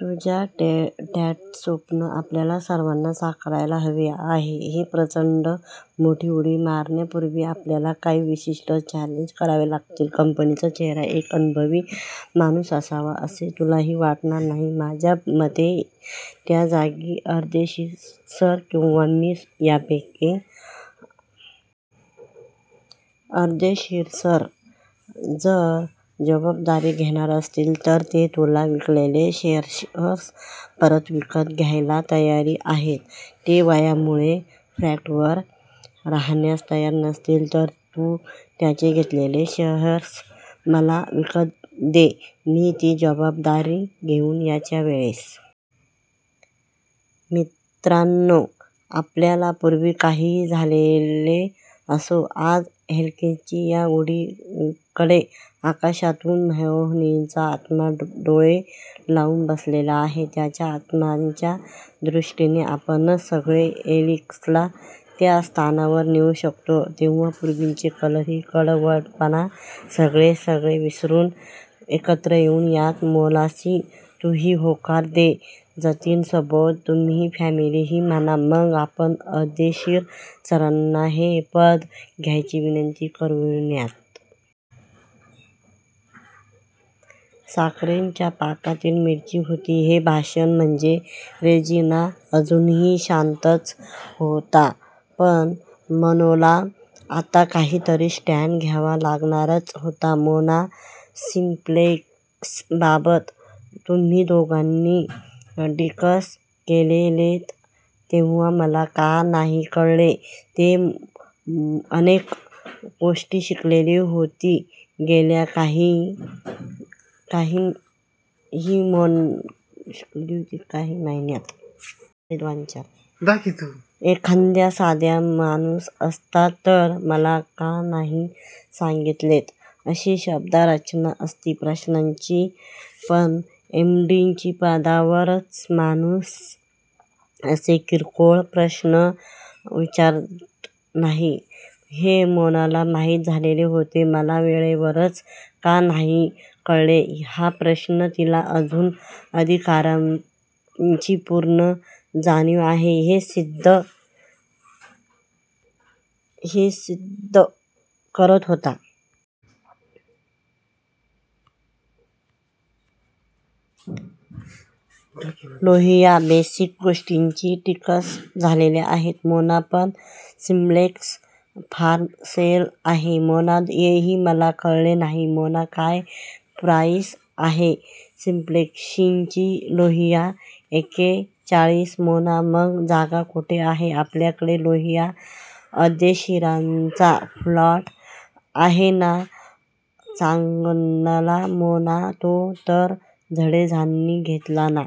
तुझ्या डॅडचे स्वप्न आपल्याला सर्वांना साकारायलाच हवे आहे. ही प्रचंड मोठी उडी मारण्यापुर्वी, आपल्याला काही विशिष्ट चेंजेस करावे लागतील. कंपनीचा चेहरा एक अननुभवी माणूस असावा असे तुलाही वाटणार नाहीच. माझ्यामते त्या जागी अर्देशीर सर किंवा मी यापैकी कुणीतरी कार्यभार सांभाळावा. अर्देशीर सर जर ही जबाबदारी घेणार असतील तर ते तुला विकलेले शेअर्स परत विकत घ्यायला तयारही आहेत. ते वयामुळे फ्रन्टवर राहण्यास तयार नसतील तर तू त्यांचे घेतलेले शेअर्स मला विकत दे, मी ती जबाबदारी घेईन. याचवेळेस मित्रांनो, आपल्यात पुर्वी काहीही झालेले असो, आज हेलिक्सच्या या उडीकडे आकाशातून मोहनजींचा आत्मा डोळे लावून बसलेला आहे. त्यांच्या आत्म्याच्या दृष्टीने आपणच सगळे हेलिक्सला त्या स्थानावर नेऊ शकतो. तेव्हा पुर्वीचे कलह, कडवटपणा, सगळे सगळे विसरून एकत्र येऊ यात मोनालिसा, तूही होकार दे, जतीन सुबोध, तुम्हीही फॉर्मली हो म्हणा, मग आपण अर्देशीर सरांना हे पद घ्यायची विनंती करूयात. साखरेच्या पाकातील मिरची होती हे भाषण म्हणजे! रेजिना अजूनही शांतच होता. पण मोनाला आता काहीतरी स्टॅन्ड घ्यावा लागणारच होता. मोना सिम्प्लेक्सबाबत तुम्ही दोघांनी डिस्कस केलेत तेव्हा मला का नाही कळले ते? मोना अनेक गोष्टी शिकलेली होती गेल्या काही महिन्यात! एखादा साधा माणूस असता तर 'मला का नाही सागीतलेत' अशी शब्दरचना असती प्रश्नाची! पण एम डी च्या पदावरचा माणूस असे किरकोळ प्रश्न विचारतच नाही हे मोनाला माहीत झालेले होते. 'मला वेळेवरच का नाही कळले' हा प्रश्न तिला तिच्या अधिकारांची पूर्ण जाणीव आहे हेच सिद्ध करत होता. लोहिया बेसिक गोष्टीच डिस्कस झालेल्या आहेत. मोना पण सिम्प्लेक्स फॉर सेल आहे? मोना हेही मला कळले नाही. मोना काय प्राईस आहे? सिम्प्लेक्सची?? लोहिया एक्केचाळीस. मोना मग जागा कुठे आहे आपल्याकडे? लोहिया अर्देशीरांचा प्लॉट आहे ना? चाकणला, मोना तो तर जडेजांनी घेतला ना?